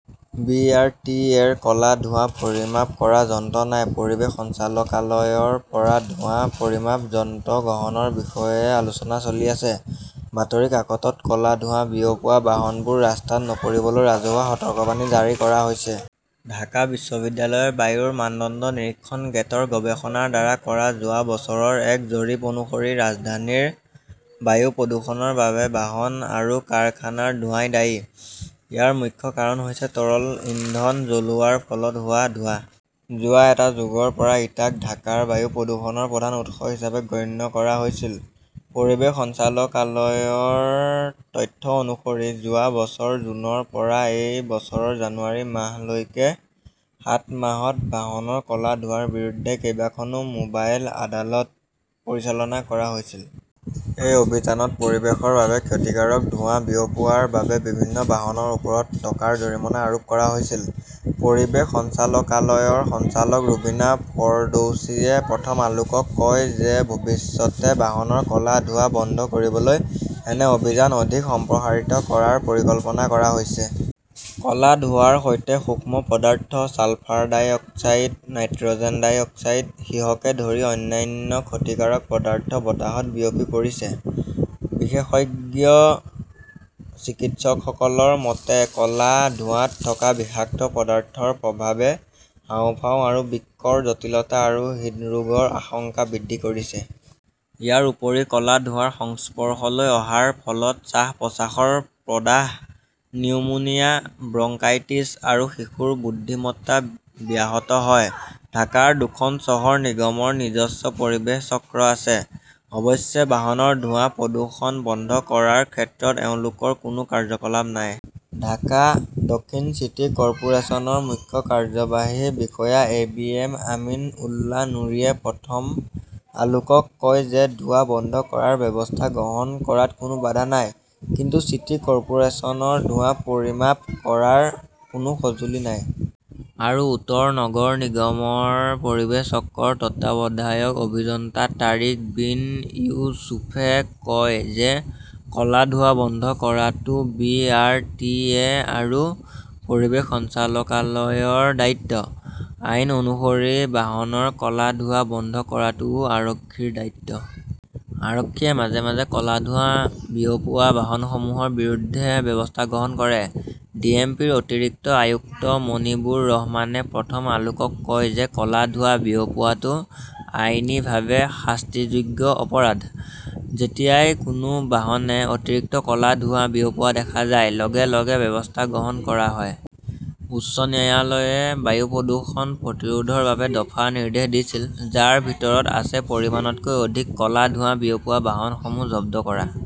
B. R. T. A. -ৰ ক'লা ধোঁৱা পৰিমাপ কৰা যন্ত্ৰ নাই। পৰিৱেশ সঞ্চালকালয়ৰ পৰা ধোঁৱা পৰিমাপ যন্ত্ৰ গ্ৰহণৰ বিষয়ে আলোচনা চলি আছে। বাতৰি কাকতত ক'লা ধোঁৱা বিয়পোৱা বাহনবোৰ ৰাস্তাত নপৰিবলৈ ৰাজহুৱা সতৰ্কবাণী জাৰি কৰা হৈছে। ঢাকা বিশ্ববিদ্যালয়ৰ বায়ুৰ মানদণ্ড নিৰীক্ষণ গোটৰ গৱেষণাৰ দ্বাৰা কৰা যোৱা বছৰৰ এক জৰীপ অনুসৰি, ৰাজধানীৰ বায়ু প্ৰদূষণৰ বাবে বাহন আৰু কাৰখানাৰ ধোঁৱাই দায়ী। ইয়াৰ মুখ্য কাৰণ হৈছে তৰল ইন্ধন জ্বলোৱাৰ ফলত হোৱা ধোঁৱা। যোৱা এটা যুগৰ পৰা ইটাক ঢাকাৰ বায়ু প্ৰদূষণৰ প্ৰধান উৎস হিচাপে গণ্য কৰা হৈছিল। পৰিৱেশ সঞ্চালকালয়ৰ তথ্য অনুসৰি, যোৱা বছৰ জুনৰ পৰা এই বছৰৰ জানুৱাৰী মাহলৈকে সাত মাহত বাহনৰ ক'লা ধোঁৱাৰ বিৰুদ্ধে কেইবাখনো মোবাইল আদালত পৰিচালনা কৰা হৈছিল। এই অভিযানত পৰিৱেশৰ বাবে ক্ষতিকাৰক ধোঁৱা বিয়পোৱাৰ বাবে বিভিন্ন বাহনৰ ওপৰত টকাৰ জৰিমনা আৰোপ কৰা হৈছিল। পৰিৱেশ সঞ্চালকালয়ৰ সঞ্চালক ৰুবিনা ফেৰদৌছিয়ে প্ৰথম আলোকক কয় যে ভৱিষ্যতে বাহনৰ ক'লা ধোঁৱা বন্ধ কৰিবলৈ এনে অভিযান অধিক সম্প্ৰসাৰিত কৰাৰ পৰিকল্পনা কৰা হৈছে। ক'লা ধোঁৱাৰ সৈতে সূক্ষ্ম পদাৰ্থ, sulphur dioxide, nitrogen dioxide, সীহকে ধৰি অন্যান্য ক্ষতিকাৰক পদাৰ্থ বতাহত বিয়পি পৰিছে। বিশেষজ্ঞ চিকিৎসকসকলৰ মতে, ক'লা ধোঁৱাত থকা বিষাক্ত পদাৰ্থৰ প্ৰভাৱে হাঁওফাঁও আৰু বৃক্কৰ জটিলতা আৰু হৃদৰোগৰ আশংকা বৃদ্ধি কৰিছে। ইয়াৰ উপৰি, ক'লা ধোঁৱাৰ সংস্পৰ্শলৈ অহাৰ ফলত শ্বাস-প্ৰশ্বাসৰ প্ৰদাহ, নিউমোনিয়া, ব্ৰংকাইটিছ আৰু শিশুৰ বুদ্ধিমত্তা ব্যাহত হয়। ঢাকাৰ দুখন চহৰ নিগমৰ নিজস্ব পৰিৱেশ চক্ৰ আছে। অৱশ্যে, বাহনৰ ধোঁৱা প্ৰদূষণ বন্ধ কৰাৰ ক্ষেত্ৰত তেওঁলোকৰ কোনো কাৰ্যকলাপ নাই। ঢাকা দক্ষিণ চিটি কৰ্পোৰেচনৰ মুখ্য কাৰ্যবাহী বিষয়া A. B. M. Amin Ullah নুৰীয়ে প্ৰথম আলোকক কয় যে, "ধোঁৱা বন্ধ কৰাৰ ব্যৱস্থা গ্ৰহণ কৰাত কোনো বাধা নাই। কিন্তু চিটি কৰ্পোৰেচনৰ ধোঁৱা পৰিমাপ কৰাৰ কোনো সঁজুলি নাই।" আৰু উত্তৰ নগৰ নিগমৰ পৰিৱেশ চক্ৰৰ তত্ত্বাৱধায়ক অভিযন্তা তাৰিক বিন ইউছুফে কয় যে, "ক'লা ধোঁৱা বন্ধ কৰাটো বি. আৰ. টি. এ. আৰু পৰিৱেশ সঞ্চালকালয়ৰ দায়িত্ব। আইন অনুসৰি, বাহনৰ ক'লা ধোঁৱা বন্ধ কৰাটোও আৰক্ষীৰ দায়িত্ব। আৰক্ষীয়ে মাজে মাজে ক'লা ধোঁৱা বিয়পোৱা বাহনসমূহৰ বিৰুদ্ধে ব্যৱস্থা গ্ৰহণ কৰে।" ডিএমপিৰ অতিৰিক্ত আয়ুক্ত মনিবুৰ ৰহমানে প্ৰথম আলোকক কয় যে, "ক'লা ধোঁৱা বিয়পোৱাটো আইনীভাৱে শাস্তিযোগ্য অপৰাধ। যেতিয়াই কোনো বাহনে অতিৰিক্ত ক'লা ধোঁৱা বিয়পোৱা দেখা যায়, লগে লগে ব্যৱস্থা গ্ৰহণ কৰা হয়।" উচ্চ ন্যায়ালয়ে বায়ু প্ৰদূষণ প্ৰতিৰোধৰ বাবে দফা নিৰ্দেশ দিছিল, যাৰ ভিতৰত আছে পৰিমাণতকৈ অধিক ক'লা ধোঁৱা বিয়পোৱা বাহনসমূহ জব্দ কৰা।